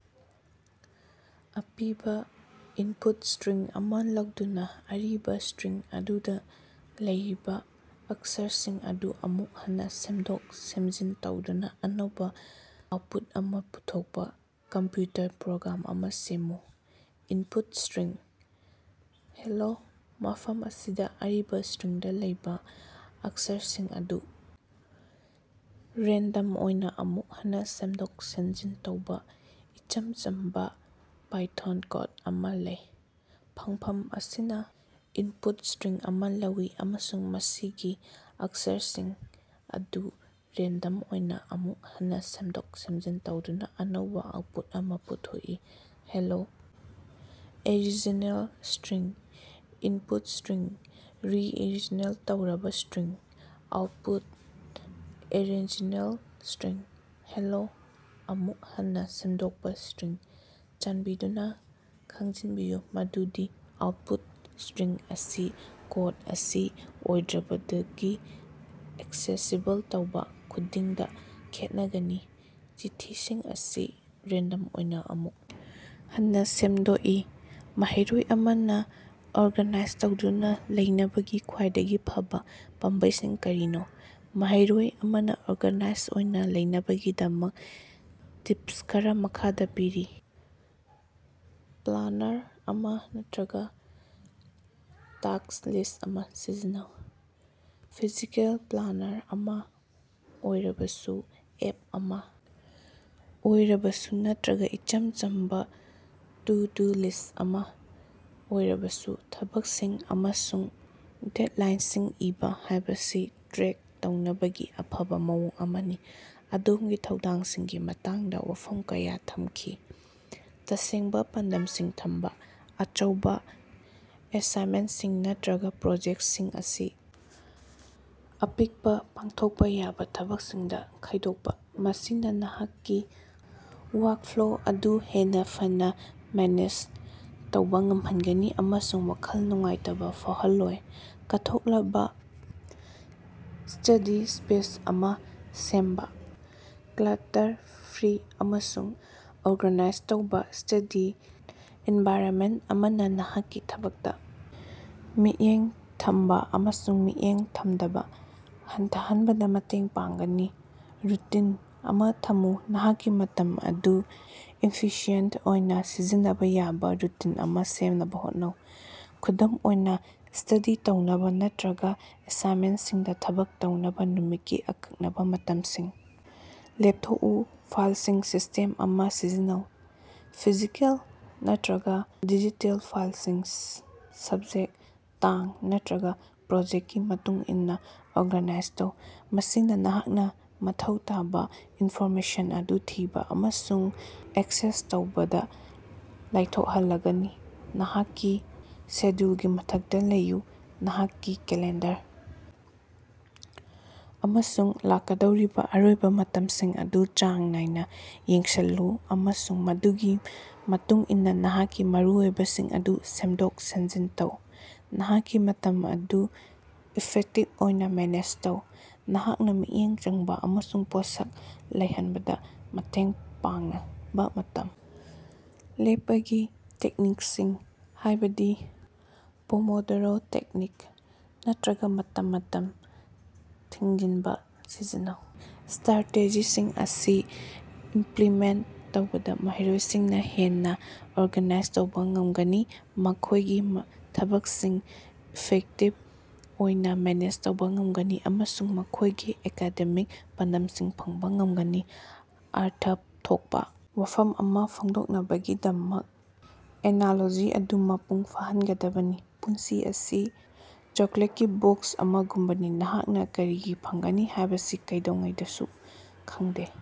ꯑꯄꯤꯕ input string ꯑꯃ ꯂꯧꯗꯨꯅ ꯑꯔꯤꯕ ꯁ꯭ꯇꯔꯤꯡ ꯑꯗꯨꯗ ꯂꯩꯔꯤꯕ ꯑꯛꯁꯔꯁꯤꯡ ꯑꯗꯨ ꯑꯃꯨꯛ ꯍꯟꯅ ꯁꯦꯝꯗꯣꯛ-ꯁꯦꯝꯖꯤꯟ ꯇꯧꯗꯨꯅ ꯑꯅꯧꯕ ꯑꯥꯎꯠꯄꯨꯠ ꯑꯃ ꯄꯨꯊꯣꯛꯄ ꯀꯝꯄ꯭ꯌꯨꯇꯔ ꯄ꯭ꯔꯣꯒ꯭ꯔꯥꯝ ꯑꯃꯥ ꯁꯦꯝꯃꯨ꯫ Input string: hello. ꯃꯐꯝ ꯑꯁꯤꯗ ꯑꯔꯤꯕ ꯁ꯭ꯇꯔꯤꯡꯗ ꯂꯩꯕ ꯑꯛꯁꯔꯁꯤꯡ ꯑꯗꯨ ꯔꯦꯟꯗꯝ ꯑꯣꯏꯅ ꯑꯃꯨꯛ ꯍꯟꯅ ꯁꯦꯝꯗꯣꯛ-ꯁꯦꯝꯖꯤꯟ ꯇꯧꯕ ꯏꯆꯝ ꯆꯝꯕ ꯄꯥꯏꯊꯣꯟ ꯀꯣꯗ ꯑꯃꯥ ꯂꯩ, ꯐꯪꯐꯝ ꯑꯁꯤꯅ ꯏꯟꯄꯨꯠ ꯁ꯭ꯇꯔꯤꯡ ꯑꯃ ꯂꯧꯏ ꯑꯃꯁꯨꯡ ꯃꯁꯤꯒꯤ ꯑꯛꯁꯔꯁꯤꯡ ꯑꯗꯨ ꯔꯦꯟꯗꯝ ꯑꯣꯏꯅ ꯑꯃꯨꯛ ꯍꯟꯅ ꯁꯦꯝꯗꯣꯛ-ꯁꯦꯝꯖꯤꯟ ꯇꯧꯗꯨꯅ ꯑꯅꯧꯕ ꯑꯥꯎꯠꯄꯨꯠ ꯑꯃ ꯄꯨꯊꯣꯛꯏ꯫ Hello original string: input string rearrange ꯇꯧꯔꯕ string: output: original string: hello ꯑꯃꯨꯛ ꯍꯟꯅ ꯁꯦꯝꯗꯣꯛꯄ ꯁ꯭ꯇꯔꯤꯡ: ꯆꯥꯟꯕꯤꯗꯨꯅ ꯈꯪꯖꯤꯟꯕꯤꯌꯨ ꯃꯗꯨꯗꯤ ꯑꯥꯎꯠꯄꯨꯠ ꯁ꯭ꯇꯔꯤꯡ ꯑꯁꯤ ꯀꯣꯗ ꯑꯁꯤ ꯑꯣꯔꯗꯔꯗꯒꯤ ꯑꯦꯛꯁꯦꯁꯤꯕꯜ ꯇꯧꯕ ꯈꯨꯗꯤꯡꯗ ꯈꯦꯠꯅꯒꯅꯤ꯫ ꯆꯤꯊꯤꯁꯤꯡ ꯑꯁꯤ ꯔꯦꯟꯗꯝ ꯑꯣꯏꯅ ꯑꯃꯨꯛ ꯍꯟꯅ ꯁꯦꯝꯗꯣꯛꯏ꯫ ꯃꯍꯩꯔꯣꯏ ꯑꯃꯅ ꯑꯣꯔꯒꯥꯅꯥꯏꯖ ꯇꯧꯗꯨꯅ ꯂꯩꯅꯕꯒꯤ ꯈ꯭ꯋꯥꯏꯗꯒꯤ ꯐꯕ ꯄꯥꯝꯕꯩꯁꯤꯡ ꯀꯔꯤꯅꯣ ꯃꯍꯩꯔꯣꯏ ꯑꯃꯅ ꯑꯣꯔꯒꯥꯅꯥꯏꯖ ꯑꯣꯏꯅ ꯂꯩꯅꯕꯒꯤꯗꯃꯛ ꯇꯤꯞꯁ ꯈꯔ ꯃꯈꯥꯗ ꯄꯤꯔꯤ: ꯄ꯭ꯂꯥꯅꯔ ꯑꯃ ꯅꯠꯇ꯭ꯔꯒ ꯇꯥꯁ꯭ꯛ ꯂꯤꯁ꯭ꯠ ꯑꯃꯥ ꯁꯤꯖꯤꯟꯅꯧ: ꯐꯤꯖꯤꯀꯦꯜ ꯄ꯭ꯂꯥꯅꯔ ꯑꯃꯥ ꯑꯣꯏꯔꯕꯁꯨ, ꯑꯦꯞ ꯑꯃꯥ ꯑꯣꯏꯔꯕꯁꯨ ꯅꯠꯇꯔꯒ ꯏꯆꯝ ꯆꯝꯕ ꯇꯨ ꯗꯨ ꯂꯤꯁ꯭ꯠ ꯑꯃ ꯑꯣꯏꯔꯕꯁꯨ, ꯊꯕꯛꯁꯤꯡ ꯑꯃꯁꯨꯡ ꯗꯦꯗꯂꯥꯏꯟꯁꯤꯡ ꯏꯕ ꯍꯥꯏꯕꯁꯤ ꯇ꯭ꯔꯦꯛ ꯇꯧꯅꯕꯒꯤ ꯑꯐꯕ ꯃꯑꯣꯡ ꯑꯃꯅꯤ꯫ ꯑꯗꯣꯝꯒꯤ ꯊꯧꯗꯥꯡꯁꯤꯡꯒꯤ ꯃꯇꯥꯡꯗ ꯋꯥꯐꯝ ꯀꯌꯥ ꯊꯝꯈꯤ꯫ ꯇꯁꯦꯡꯕ ꯄꯥꯟꯗꯝꯁꯤꯡ ꯊꯝꯕ: ꯑꯆꯧꯕ ꯑꯦꯁꯥꯏꯟꯃꯦꯟꯁꯤꯡ ꯅꯠꯇꯔꯒ ꯄ꯭ꯔꯣꯖꯦꯛꯁꯤꯡ ꯑꯁꯤ ꯑꯄꯤꯛꯄ, ꯄꯥꯡꯊꯣꯛꯄ ꯌꯥꯕ ꯊꯕꯛꯁꯤꯡꯗ ꯈꯥꯏꯗꯣꯛꯄ꯫ ꯃꯁꯤꯅ ꯅꯍꯥꯛꯀꯤ ꯋꯥꯔꯛꯐ꯭ꯂꯣ ꯑꯗꯨ ꯍꯦꯟꯅ ꯐꯅ ꯃꯦꯅꯦꯖ ꯇꯧꯕ ꯉꯝꯍꯟꯒꯅꯤ ꯑꯃꯁꯨꯡ ꯋꯥꯈꯜ ꯅꯨꯡꯉꯥꯏꯇꯕ ꯐꯥꯎꯍꯜꯂꯣꯏ꯫ ꯀꯠꯊꯣꯛꯂꯕ ꯁ꯭ꯇꯗꯤ ꯁ꯭ꯄꯦꯁ ꯑꯃ ꯁꯦꯝꯕ: ꯀ꯭ꯂꯥꯇꯔ ꯐ꯭ꯔꯤ ꯑꯃꯁꯨꯡ ꯑꯣꯔꯒꯥꯅꯥꯏꯖ ꯇꯧꯔꯕ ꯁ꯭ꯇꯗꯤ ꯑꯦꯟꯚꯥꯏꯔꯟꯃꯦꯟ ꯑꯃꯅ ꯅꯍꯥꯛꯀꯤ ꯊꯕꯛꯇ ꯃꯤꯠꯌꯦꯡ ꯊꯝꯕ ꯑꯃꯁꯨꯡ ꯃꯤꯠꯌꯦꯡ ꯊꯝꯗꯕ ꯍꯟꯊꯍꯟꯕꯗ ꯃꯇꯦꯡ ꯄꯥꯡꯒꯅꯤ꯫ ꯔꯨꯇꯤꯟ ꯑꯃꯥ ꯊꯝꯃꯨ: ꯅꯍꯥꯛꯀꯤ ꯃꯇꯝ ꯑꯗꯨ ꯏꯐꯤꯁꯤꯑꯦꯟꯠ ꯑꯣꯏꯅ ꯁꯤꯖꯤꯟꯅꯕ ꯌꯥꯕ ꯔꯨꯇꯤꯟ ꯑꯃ ꯁꯦꯝꯅꯕ ꯍꯣꯠꯅꯧ꯫ ꯈꯨꯗꯝ ꯑꯣꯏꯅ, ꯁ꯭ꯇꯗꯤ ꯇꯧꯅꯕ ꯅꯠꯇꯔꯒ ꯑꯦꯁꯥꯏꯟꯃꯦꯟꯁꯤꯡꯗ ꯊꯕꯛ ꯇꯧꯅꯕ ꯅꯨꯃꯤꯠꯀꯤ ꯑꯀꯛꯅꯕ ꯃꯇꯝꯁꯤꯡ ꯂꯦꯞꯊꯣꯛꯎ꯫ ꯐꯥꯏꯁꯤꯡ ꯁꯤꯁ꯭ꯇꯦꯝ ꯑꯃ ꯁꯤꯖꯤꯟꯅꯧ: ꯐꯤꯖꯤꯀꯦꯜ ꯅꯠꯇꯔꯒ ꯗꯤꯖꯤꯇꯦꯜ ꯐꯥꯏꯜꯁꯤꯡ ꯁꯕꯖꯦꯛ, ꯇꯥꯡ ꯅꯠꯇꯔꯒ ꯄ꯭ꯔꯣꯖꯦꯛꯀꯤ ꯃꯇꯨꯡꯏꯟꯅ ꯑꯣꯔꯒꯥꯅꯥꯏꯖ ꯇꯧꯕ꯫ ꯃꯁꯤꯅ ꯅꯍꯥꯛꯅ ꯃꯊꯧ ꯇꯥꯕ ꯏꯟꯐꯣꯔꯃꯦꯁꯟ ꯑꯗꯨ ꯊꯤꯕ ꯑꯃꯁꯨꯡ ꯑꯦꯛꯁꯦꯁ ꯇꯧꯕꯗ ꯂꯥꯏꯊꯣꯛꯍꯜꯂꯒꯅꯤ꯫ ꯅꯍꯥꯛꯀꯤ ꯁꯦꯗ꯭ꯌꯨꯜꯒꯤ ꯃꯊꯛꯇ ꯂꯩꯌꯨ: ꯅꯍꯥꯛꯀꯤ ꯀꯦꯂꯦꯟꯗꯔ ꯑꯃꯁꯨꯡ ꯂꯥꯛꯀꯗꯧꯔꯤꯕ ꯑꯔꯣꯏꯕ ꯃꯇꯝꯁꯤꯡ ꯑꯗꯨ ꯆꯥꯡ ꯅꯥꯏꯅ ꯌꯦꯡꯁꯤꯜꯂꯨ, ꯑꯃꯁꯨꯡ ꯃꯗꯨꯒꯤ ꯃꯇꯨꯡ ꯏꯟꯅ ꯅꯍꯥꯛꯀꯤ ꯃꯔꯨꯑꯣꯏꯕꯁꯤꯡ ꯑꯗꯨ ꯁꯦꯝꯗꯣꯛ-ꯁꯦꯝꯖꯤꯟ ꯇꯧ꯫ ꯅꯍꯥꯛꯀꯤ ꯃꯇꯝ ꯑꯗꯨ ꯏꯐꯦꯛꯇꯤꯚ ꯑꯣꯏꯅ ꯃꯦꯅꯦꯖ ꯇꯧ: ꯅꯍꯥꯛꯅ ꯃꯤꯠꯌꯦꯡ ꯆꯪꯕ ꯑꯃꯁꯨꯡ ꯄꯣꯠꯁꯛ ꯂꯩꯍꯟꯕꯗ ꯃꯇꯦꯡ ꯄꯥꯡꯅꯕ ꯃꯇꯝ ꯂꯦꯞꯄꯒꯤ ꯇꯦꯛꯅꯤꯛꯁꯤꯡ, ꯍꯥꯏꯕꯗꯤ ꯄꯣꯃꯣꯗꯣꯔꯣ ꯇꯦꯛꯅꯤꯛ ꯅꯠꯇꯔꯒ ꯃꯇꯝ-ꯃꯇꯝ ꯊꯤꯡꯖꯤꯟꯕ ꯁꯤꯖꯤꯟꯅꯧ꯫ ꯁ꯭ꯇꯔꯥꯇꯦꯖꯤꯁꯤꯡ ꯑꯁꯤ ꯏꯝꯄꯂꯤꯃꯦꯟꯠ ꯇꯧꯕꯅ ꯃꯍꯩꯔꯣꯏꯁꯤꯡꯅ ꯍꯦꯟꯅ ꯑꯣꯔꯒꯥꯅꯥꯏꯖ ꯇꯧꯕ ꯉꯝꯒꯅꯤ, ꯃꯈꯣꯏꯒꯤ ꯊꯕꯛꯁꯤꯡ ꯏꯐꯦꯛꯇꯤꯕ ꯑꯣꯏꯅ ꯃꯦꯅꯦꯖ ꯇꯧꯕ ꯉꯝꯒꯅꯤ ꯑꯃꯁꯨꯡ ꯃꯈꯣꯏꯒꯤ ꯑꯦꯀꯥꯗꯦꯃꯤꯛ ꯄꯥꯟꯗꯝꯁꯤꯡ ꯐꯪꯕ ꯉꯝꯒꯅꯤ꯫ ꯑꯔꯊ ꯊꯣꯛꯄꯥ ꯋꯥꯐꯝ ꯑꯃꯥ ꯐꯣꯡꯗꯣꯛꯅꯕꯒꯤꯗꯃꯛ ꯑꯦꯅꯥꯂꯣꯖꯤ ꯑꯗꯨ ꯃꯄꯨꯡ ꯐꯥꯍꯟꯒꯗꯕꯅꯤ꯫ ꯄꯨꯟꯁꯤ ꯑꯁꯤ ꯆꯣꯀꯣꯂꯦꯠꯀꯤ ꯕꯣꯛꯁ ꯑꯃꯒꯨꯝꯕꯅꯤ, ꯅꯍꯥꯛꯅꯥ ꯀꯔꯤ ꯐꯪꯒꯅꯤ ꯍꯥꯏꯕꯁꯤ ꯀꯩꯗꯧꯉꯩꯗꯁꯨ ꯈꯪꯗꯦ꯫